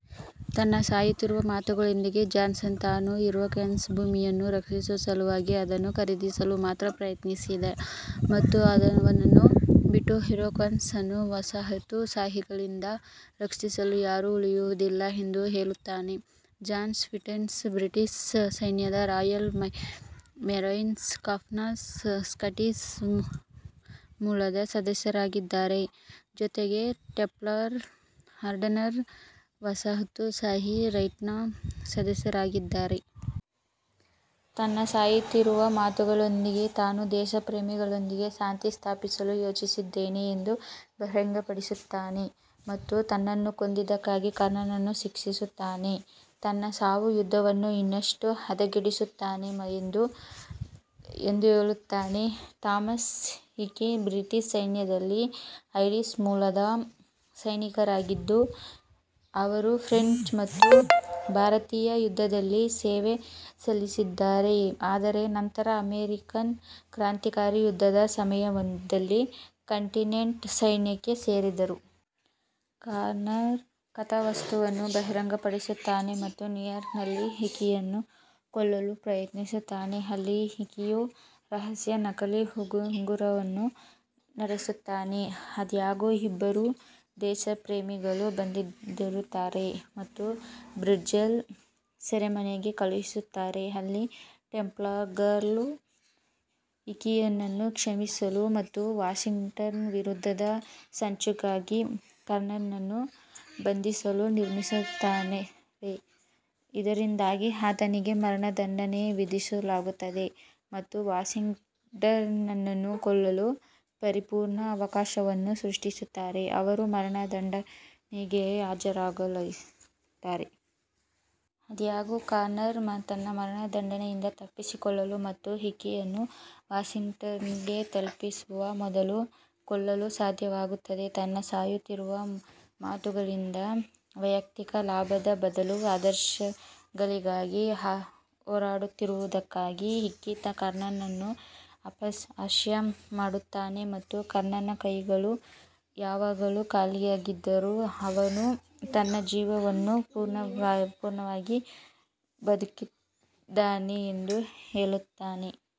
ತನ್ನ ಸಾಯುತ್ತಿರುವ ಮಾತುಗಳೊಂದಿಗೆ, ಜಾನ್ಸನ್ ತಾನು ಇರೊಕ್ವಾಯ್ಸ್ನ ಭೂಮಿಯನ್ನು ರಕ್ಷಿಸುವ ಸಲುವಾಗಿ ಅದನ್ನು ಖರೀದಿಸಲು ಮಾತ್ರ ಪ್ರಯತ್ನಿಸಿದೆ ಮತ್ತು ಅವನನ್ನು ಬಿಟ್ಟು, ಇರೊಕ್ವಾಯ್ಸ್ ಅನ್ನು ವಸಾಹತುಶಾಹಿಗಳಿಂದ ರಕ್ಷಿಸಲು ಯಾರೂ ಉಳಿಯುವುದಿಲ್ಲ ಎಂದು ಹೇಳುತ್ತಾನೆ. ಜಾನ್ ಪಿಟ್ಕೈರ್ನ್ ಬ್ರಿಟಿಷ್ ಸೈನ್ಯದ ರಾಯಲ್ ಮೆರೈನ್ ಕಾರ್ಪ್ಸ್ನ ಸ್ಕಾಟಿಷ್ ಮೂಲದ ಸದಸ್ಯರಾಗಿದ್ದಾರೆ, ಜೊತೆಗೆ ಟೆಂಪ್ಲರ್ ಆರ್ಡರ್ನ ವಸಾಹತುಶಾಹಿ ರೈಟ್ನ ಸದಸ್ಯರಾಗಿದ್ದಾರೆ. ತನ್ನ ಸಾಯುತ್ತಿರುವ ಮಾತುಗಳೊಂದಿಗೆ, ತಾನು ದೇಶಪ್ರೇಮಿಗಳೊಂದಿಗೆ ಶಾಂತಿ ಸ್ಥಾಪಿಸಲು ಯೋಜಿಸಿದ್ದೇನೆ ಎಂದು ಬಹಿರಂಗಪಡಿಸುತ್ತಾನೆ ಮತ್ತು ತನ್ನನ್ನು ಕೊಂದಿದ್ದಕ್ಕಾಗಿ ಕಾನರ್ನನ್ನು ಶಿಕ್ಷಿಸುತ್ತಾನೆ, ತನ್ನ ಸಾವು ಯುದ್ಧವನ್ನು ಇನ್ನಷ್ಟು ಹದಗೆಡಿಸುತ್ತದೆ ಎಂದು ಹೇಳುತ್ತಾನೆ. ಥಾಮಸ್ ಹಿಕಿ ಬ್ರಿಟಿಷ್ ಸೈನ್ಯದಲ್ಲಿ ಐರಿಷ್ ಮೂಲದ ಸೈನಿಕರಾಗಿದ್ದು, ಅವರು ಫ್ರೆಂಚ್ ಮತ್ತು ಭಾರತೀಯ ಯುದ್ಧದಲ್ಲಿ ಸೇವೆ ಸಲ್ಲಿಸಿದ್ದಾರೆ, ಆದರೆ ನಂತರ ಅಮೆರಿಕನ್ ಕ್ರಾಂತಿಕಾರಿ ಯುದ್ಧದ ಸಮಯದಲ್ಲಿ ಕಾಂಟಿನೆಂಟಲ್ ಸೈನ್ಯಕ್ಕೆ ಸೇರಿದರು. ಕಾನರ್ ಕಥಾವಸ್ತುವನ್ನು ಬಹಿರಂಗಪಡಿಸುತ್ತಾನೆ ಮತ್ತು ನ್ಯೂಯಾರ್ಕ್ನಲ್ಲಿ ಹಿಕಿಯನ್ನು ಕೊಲ್ಲಲು ಪ್ರಯತ್ನಿಸುತ್ತಾನೆ, ಅಲ್ಲಿ ಹಿಕಿಯು ರಹಸ್ಯ ನಕಲಿ ಉಂಗುರವನ್ನು ನಡೆಸುತ್ತಾನೆ. ಆದಾಗ್ಯೂ, ಇಬ್ಬರನ್ನೂ ದೇಶಪ್ರೇಮಿಗಳು ಬಂಧಿಸುತ್ತಾರೆ ಮತ್ತು ಬ್ರಿಡ್ವೆಲ್ ಸೆರೆಮನೆಗೆ ಕಳುಹಿಸುತ್ತಾರೆ, ಅಲ್ಲಿ ಟೆಂಪ್ಲರ್ಗಳು ಹಿಕಿಯನ್ನು ಕ್ಷಮಿಸಲು ಮತ್ತು ವಾಷಿಂಗ್ಟನ್ನ ವಿರುದ್ಧದ ಸಂಚುಗಾಗಿ ಕಾನರ್ನನ್ನು ಬಂಧಿಸಲು ನಿರ್ವಹಿಸುತ್ತಾರೆ, ಇದರಿಂದಾಗಿ ಆತನಿಗೆ ಮರಣದಂಡನೆ ವಿಧಿಸಲಾಗುತ್ತದೆ ಮತ್ತು ವಾಷಿಂಗ್ಟನ್ನನ್ನು ಕೊಲ್ಲಲು ಪರಿಪೂರ್ಣ ಅವಕಾಶವನ್ನು ಸೃಷ್ಟಿಸುತ್ತದೆ, ಅವರು ಮರಣದಂಡನೆಗೆ ಹಾಜರಾಗಲಿದ್ದಾರೆ. ಆದಾಗ್ಯೂ, ಕಾನರ್ ತನ್ನ ಮರಣದಂಡನೆಯಿಂದ ತಪ್ಪಿಸಿಕೊಳ್ಳಲು ಮತ್ತು ಹಿಕ್ಕಿಯನ್ನು ವಾಷಿಂಗ್ಟನ್ಗೆ ತಲುಪುವ ಮೊದಲು ಕೊಲ್ಲಲು ಸಾಧ್ಯವಾಗುತ್ತದೆ. ತನ್ನ ಸಾಯುತ್ತಿರುವ ಮಾತುಗಳಿಂದ, ವೈಯಕ್ತಿಕ ಲಾಭದ ಬದಲು ಆದರ್ಶಗಳಿಗಾಗಿ ಹೋರಾಡುತ್ತಿರುವುದಕ್ಕಾಗಿ ಹಿಕ್ಕಿ ಕಾನರ್ನನ್ನು ಅಪಹಾಸ್ಯ ಮಾಡುತ್ತಾನೆ ಮತ್ತು ಕಾನರ್ನ ಕೈಗಳು ಯಾವಾಗಲೂ ಖಾಲಿಯಾಗಿದ್ದರೂ, ಅವನು ತನ್ನ ಜೀವನವನ್ನು ಪೂರ್ಣವಾಗಿ ಬದುಕಿದ್ದಾನೆ ಎಂದು ಹೇಳುತ್ತಾನೆ.